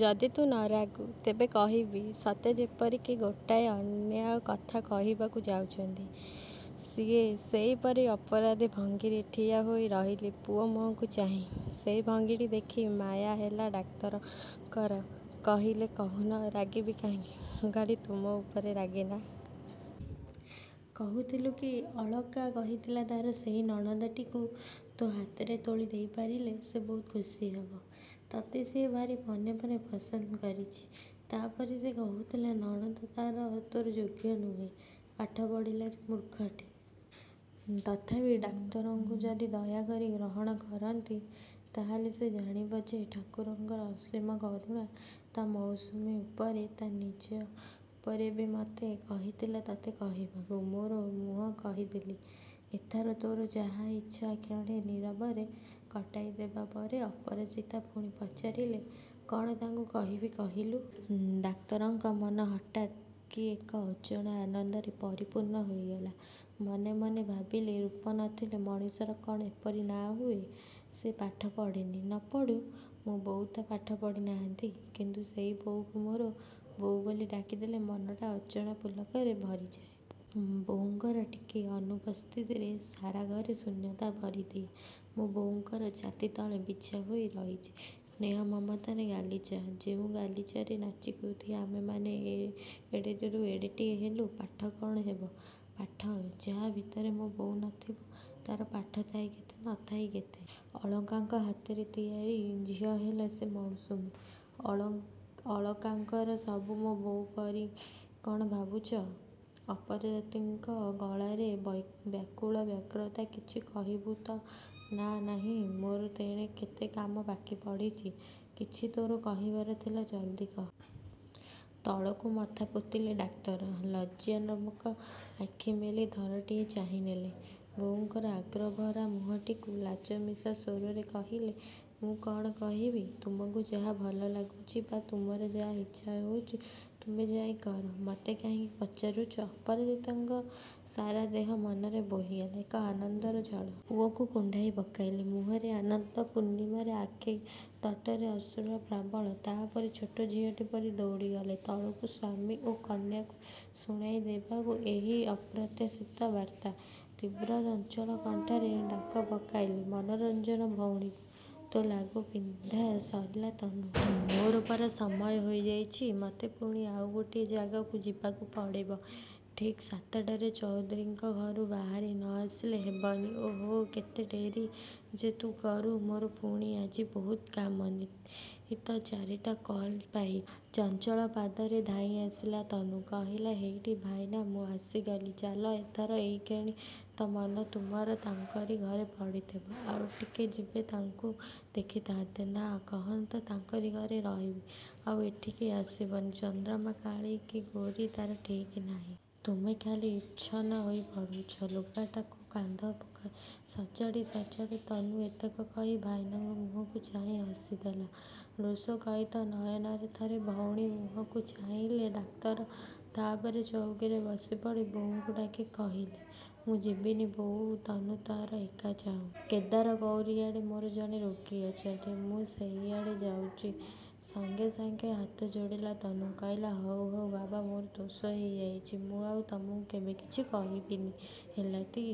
ଯଦି ତୁ ନ ରାଗୁ ତେବେ କହିବି। ସତେଯେପରି କି ଗୋଟାଏ ଅନ୍ୟାୟ କଥା କହିବାକୁ ଯାଉଛନ୍ତି। ସିଏ! ସେହିପରି ଅପରାଧୀ ଭଙ୍ଗୀରେ ଠିଆ ହୋଇ ରହିଲେ ପୁଅ ମୁହଁକୁ ଚାହିଁ। ସେହି ଭଙ୍ଗୀଟି ଦେଖି ମାୟା ହେଲା ଡାକ୍ତରଙ୍କର। କହିଲେ–କହୁନ, ରାଗିବି କାହିଁକି? ମୁଁ ଖାଲି ତୁମ ଉପରେ ରାଗେ ନାଁ? କହୁଥିଲି କି, ଅଳକା କହିଥିଲା ତା'ର ସେଇ ନଣନ୍ଦଟିକୁ ତୋ ହାତରେ ତୋଳି ଦେଇପାରିଲେ ସେ ବହୁତ ଖୁସି ହେବ। ତତେ ସିଏ ଭାରି ମନେ ମନେ ପସନ୍ଦ କରିଛି। ତାପରେ ସେ କହୁଥିଲା ନଣନ୍ଦ ତା'ର ତୋର ଯୋଗ୍ୟ ନୁହେଁ, ପାଠ ପଢ଼ିଲାନି। ମୂର୍ଖଟେ। ତଥାପି ଡାକ୍ତରବାବୁ ଯଦି ଦୟା କରି ଗ୍ରହଣ କରନ୍ତି ତା'ହେଲେ ସେ ଜାଣିବ ଯେ ଠାକୁରଙ୍କର ଅସୀମ କରୁଣା ତା' ମୌସୁମୀ ଉପରେ। ତା' ନିଜ ଉପରେ ବି। ମୋତେ କହିଥିଲା ତତେ କହିବାକୁ। ମୋର ମୁଁହ କହିଦେଲି। ଏଥର ତୋର ଯାହା ଇଚ୍ଛା। କ୍ଷଣେ ନୀରବରେ କଟାଇ ଦେବା ପରେ ଅପରାଜିତା ପୁଣି ପଚାରିଲେ, କ'ଣ ତାଙ୍କୁ କହିବି, କହିଲୁ? ଡାକ୍ତରଙ୍କ ମନ ହଠାତ୍ କି ଏକ ଅଜଣା ଆନନ୍ଦରେ ପରିପୂର୍ଣ୍ଣ ହୋଇଗଲା। ମନେ ମନେ ଭାବିଲେ ରୂପ ନଥିଲେ ମଣିଷର କ'ଣ ଏପରି ନାଁ ହୁଏ! ସେ ପାଠ ପଢ଼ିନି, ନ ପଢ଼ୁ। ମୋ ବୋଉ ତ ପାଠ ପଢ଼ିନାହାନ୍ତି। କିନ୍ତୁ ସେଇ ବୋଉକୁ ମୋର ବୋଉ ବୋଲି ଡାକିଦେଲେ ମନଟା ଅଜଣା ପୁଲକରେ ଭରିଯାଏ। ବୋଉଙ୍କର ଟିକିଏ ଅନୁପସ୍ଥିତି ସାରା ଘରେ ଶୂନ୍ୟତା ଭରିଦିଏ। ମୋ ବୋଉଙ୍କର ଛାତି ତଳେ ବିଛା ହୋଇ ରହିଛି ସ୍ନେହ ମମତାର ଗାଲିଚା, ଯେଉଁ ଗାଲିଚାରେ ନାଚି କୁଦି ଆମେମାନେ ଏଡ଼େଟିରୁ ଏଡ଼େଟିଏ ହେଲୁ। ପାଠ, କ'ଣ ହେବ ପାଠ! ଯାହା ଭିତରେ ମୋ ବୋଉ ନ ଥିବେ ତା'ର ପାଠ ଥାଇ କେତେ, ନ ଥାଇ କେତେ। ଅଳକାଙ୍କ ହାତ ତିଆରି ଝିଅ ହେଲା ସେଇ ମୌସୁମୀ। ଅଳକାଙ୍କର ସବୁ ମୋ ବୋଉଙ୍କ ପରି। କ'ଣ ଭାବୁଛୁ? ଅପରାଜିତାଙ୍କ ଗଳାରେ ବ୍ୟାକୁଳ ବ୍ୟଗ୍ରତା। କିଛି କହିବୁ ତ, ନା ନାହିଁ? ମୋର ତେଣେ କେତେ କାମ ବାକି ପଡ଼ିଛି। କିଛି ତୋର କହିବାର ଥିଲେ ଜଲ୍ଦି କହ। ତଳକୁ ମଥା ପୋତିଲେ ଡାକ୍ତର। ଲଜ୍ଜାନମ୍ର ଆଖି ମେଲି ଥରଟିଏ ଚାହିଁନେଲେ ବୋଉଙ୍କର ଆଗ୍ରହଭରା ମୁହଁଟିକୁ। ଲାଜମିଶା ସ୍ୱରରେ କହିଲେ ମୁଁ କ'ଣ କହିବି। ତୁମକୁ ଯାହା ଭଲଲାଗୁଛି ବା ତୁମର ଯାହା ଇଚ୍ଛା ହେଉଛି ତୁମେ ଯାଇ କର। ମତେ କାହିଁକି ପଚାରୁଛ? ଅପରାଜିତାଙ୍କ ସାରା ଦେହ ମନରେ ବୋହିଗଲା ଏକ ଆନନ୍ଦର ଝଡ଼। ପୁଅକୁ କୁଣ୍ଢାଇ ପକାଇଲେ। ମୁହଁରେ ଆନନ୍ଦର ପୂର୍ଣ୍ଣିମା। ଆଖିତଟରେ ଅଶ୍ରୁର ପ୍ଲାବନ। ତା'ପରେ, ଛୋଟ ଝିଅଟିପରି ଦଉଡ଼ିଗଲେ ତଳକୁ ସ୍ୱାମୀ ଓ କନ୍ୟାଙ୍କୁ ଶୁଣାଇ ଦେବାକୁ ଏହି ଅପ୍ରତ୍ୟାଶିତ ବାର୍ତ୍ତା! ତୀବ୍ର ଚଞ୍ଚଳ କଣ୍ଠରେ ଡାକ ପକାଇଲେ ମନୋରଞ୍ଜନ ଭଉଣୀକୁ। ତୋ ଲୁଗା ପିନ୍ଧା ସରିଲା ତନୁ। ମୋର ପରା ସମୟ ହୋଇଯାଉଛି। ମୋତେ ପୁଣି ଆଉ ଗୋଟିଏ ଜାଗାକୁ ଯିବାକୁ ପଡ଼ିବ। ଠିକ୍ ସାତଟାରେ ଚୌଧୁରୀଙ୍କ ଘରୁ ବାହାରି ନ ଆସିଲେ ହେବନି। ଓହୋଃ, କେତେ ଡେରି ଯେ ତୁ କରୁ। ମୋର ପୁଣି ଆଜି ବହୁତ କାମ। ନୀତିତ, ଚାରିଟା କଲ୍ ପାଇଛି। ଚଞ୍ଚଳ ପାଦରେ ଧାଇଁଆସିଲା ତନୁ। କହିଲା–ହେଇଟି ଭାଇନା, ମୁଁ ଆସିଗଲି। ଚାଲ ଏଥର। ଏଇକ୍ଷଣି ତ ମନ ତୁମର ତାଙ୍କରି ଘରେ ପଡ଼ିଥିବ। ଆଉଟିକେ ଯେବେ ତାଙ୍କୁ ଦେଖିଥାଆନ୍ତ ନା, କହନ୍ତ ତାଙ୍କରି ଘରେ ରହିବି। ଆଉ ଏଠିକି ଆସିବିନି। ଚନ୍ଦ୍ରମା କାଳୀ କି ଗୋରୀ ତା'ର ଠିକ୍ ନାହିଁ। ତୁମେ ଖାଲି ଉଚ୍ଛନ୍ନ ହୋଇପଡ଼ୁଛ। ଲୁଗାଟାକୁ କାନ୍ଧ ଉପରେ ସଜାଡ଼ୁ, ସଜାଡ଼ୁ ତନୁ ଏତକ କହି ଭାଇନାଙ୍କ ମୁହଁକୁ ଚାହିଁ ହସିଦେଲା। ରୋଷକୟିତ ନୟନରେ ଥରେ ଭଉଣୀ ମୁହଁକୁ ଚାହିଁଲେ ଡାକ୍ତର। ତାପରେ ଚୌକିରେ ବସିପଡ଼ି ବୋଉକୁ ଡାକି କହିଲେ ମୁଁ ଯିବିନି ବୋଉ। ତନୁ ତା'ର ଏକା ଯାଉ। କେଦାରଗୌରୀଆଡ଼େ ମୋର ଜଣେ ରୋଗୀ ଅଛନ୍ତି, ମୁଁ ସେଇଆଡ଼େ ଯାଉଛି। ସାଙ୍ଗେ ସାଙ୍ଗେ ହାତ ଯୋଡ଼ିଲା ତନୁ। କହିଲା–ହଉ ହଉ ବାବା, ମୋର ଦୋଷ ହୋଇଯାଇଛି। ମୁଁ ଆଉ ତୁମକୁ କେବେ କିଛି କହିବିନି ହେଲାତି?